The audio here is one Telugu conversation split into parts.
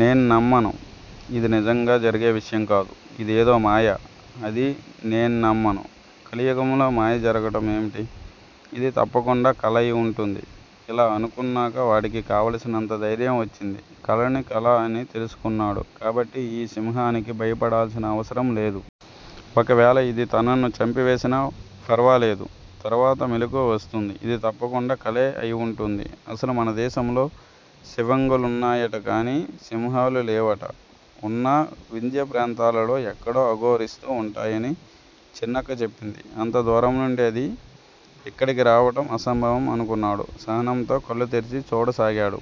నేన్నమ్మను. ఇది నిజంగా జరిగే విషయంకాదు. ఇదేదో మాయ. అదీ నేన్నమ్మను. కలియుగంలో మాయ జరగటం ఏమిటి? ఇది తప్పకుండా కల అయివుంటుంది. ఇలా అనుకున్నాక వాడికి కావలసినంత ధైర్యం వచ్చింది. కలని కల అని తెలుసుకున్నాడు కాబట్టి ఈ సింహానికి భయపడాల్సిన అవసరం లేదు. ఒకవేళ ఇది తనను చంపివేసినా ఫర్వాలేదు. తర్వాత మెలకువ వస్తుంది. ఇది తప్పకుండా కలే అయివుంటుంది. అసలు మనదేశంలో సివంగులున్నాయట గానీ సింహాలులేవట. ఉన్నా వింధ్యప్రాంతాలలో ఎక్కడో అఘోరిస్తూ వుంటాయని చిన్నక్క చెప్పింది. అంతదూరంనుండి అది ఇక్కడికి రావటం అసంభవం అనుకున్నాడు. సహనంతో కళ్ళు తెరిచి చూడసాగాడు.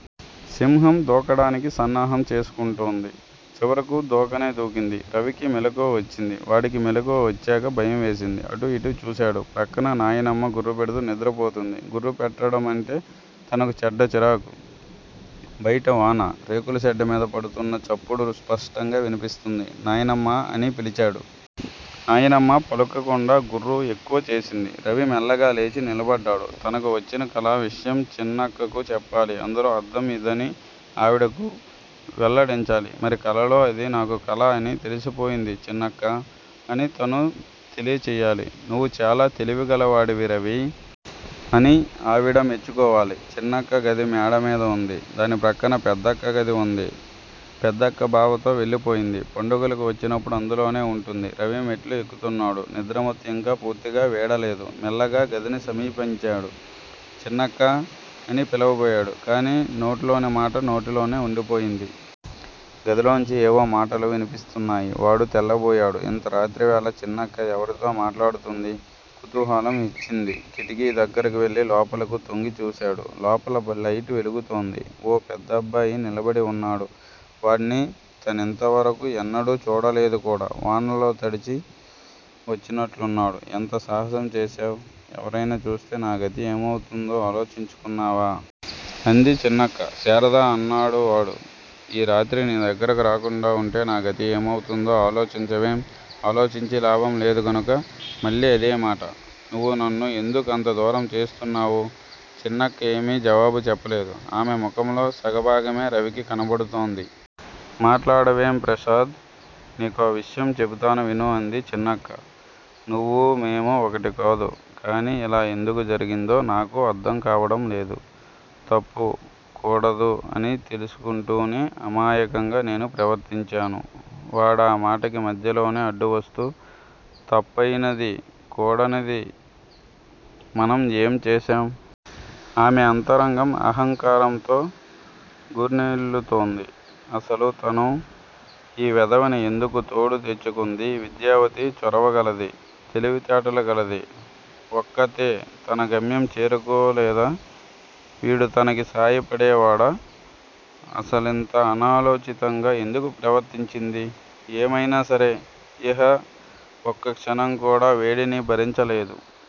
సింహం దూకడానికి సన్నాహం చేసుకుంటోంది. చివరకు దూకనే దూకింది. రవికి మెలకువ వచ్చింది. వాడికి మెలకువ వచ్చాక భయంవేసింది. అటూఇటూ చూశాడు. ప్రక్కన నాయనమ్మ గుర్రుపెడుతూ నిద్రపోతుంది. గుర్రుపెట్టటమంటే తనకు చెడ్డ చిరాకు. బయట వాన. రేకులషెడ్డుమీద పడుతున్న చప్పుడు స్పష్టంగా వినిపిస్తుంది. నాయనమ్మా! అని పిలిచాడు. నాయనమ్మా పలుకకుండా గుర్రు ఎక్కువచేసింది. రవి మెల్లగా లేచి నిలబడ్డాడు. తనకు వచ్చిన కల విషయం చిన్నక్కకు చెప్పాలి. అందులో అర్థం ఇదని ఆవిడకు వెల్లడించాలి. మరి కలలో అది నాకు కల అని తెలిసిపోయింది చిన్నక్కా! అని తను తెలియచెయ్యాలి. నువ్వు చాలా తెలివిగలవాడివి రవీ! అని ఆవిడ మెచ్చుకోవాలి. చిన్నక్క గది మేడమీద వుంది. దాని ప్రక్కన పెద్దక్క గది వుంది. పెద్దక్క బావతో వెళ్ళిపోయింది. పండుగలకు వచ్చినప్పుడు అందులోనే వుంటుంది. రవి మెట్లు ఎక్కుతున్నాడు. నిద్రమత్తు ఇంకా పూర్తిగా వీడలేదు. మెల్లగా గదిని సమీపించాడు. చిన్నక్కా! అని పిలవబోయాడు కానీ నోట్లోనిమాట నోటిలోనే వుండిపోయింది. గదిలోంచి ఏవో మాటలు వినిపిస్తున్నాయి. వాడు తెల్లబోయాడు. ఇంత రాత్రివేళ చిన్నక్క ఎవరితో మాట్లాడుతుంది? కుతూహలం హెచ్చింది. కిటికీదగ్గరకు వెళ్ళి లోపలకు తొంగిచూశాడు. లోపల లైటు వెలుగుతోంది. ఓ పెద్దబ్బాయి నిలబడివున్నాడు. వాడ్ని తనింతవరకూ ఎన్నడూ చూడలేదుకూడా. వానలో తడిచి వచ్చినట్లున్నాడు. ఎంత సాహసంచేశావ్? ఎవరైనా చూస్తే నా గతి ఏమౌతుందో ఆలోచించుకున్నావా? అంది చిన్నక్క. శారదా! అన్నాడు వాడు. ఈ రాత్రి నీ దగ్గరకు రాకుండా వుంటే నా గతి ఏమౌతుందో ఆలోచించవేం? ఆలోచించి లాభం లేదుగనుక! మళ్ళీ అదేమాట! నువ్వు నన్ను ఎందుకంత దూరం చేస్తున్నావు? చిన్నక్క ఏమీ జవాబు చెప్పలేదు. ఆమె ముఖంలో సగభాగమే రవికి కనబడుతోంది. మాట్లాడవేం? ప్రసాద్! నీకో విషయం చెబుతాను విను అంది చిన్నక్క. నువ్వూ, మేమూ ఒకటికాదు. కానీ ఇలా ఎందుకు జరిగిందో నాకూ అర్ధంకావటం లేదు. తప్పు, కూడదు అని తెలుసుకుంటూనే అమాయకంగా నేనూ ప్రవర్తించాను. వాడామాటకి మధ్యలోనే అడ్డువస్తూ తప్పయినదీ, కూడనిదీ మనం ఏం చేశాం? ఆమె అంతరంగం అహంకారంతో ఘార్ణిల్లుతోంది. అసలు తను ఈ వెధవని ఎందుకు తోడు తెచ్చుకుంది? విద్యావతి, చొరవగలది. తెలివితేటలు గలది ఒక్కతే తన గమ్యం చేరుకోలేదా? వీడు తనకి సాయపడేవాడా? అసలింత అనాలోచితంగా ఎందుకు ప్రవర్తించింది? ఏమయినా సరే ఇహ ఒక్కక్షణం కూడా వేడిని భరించలేదు.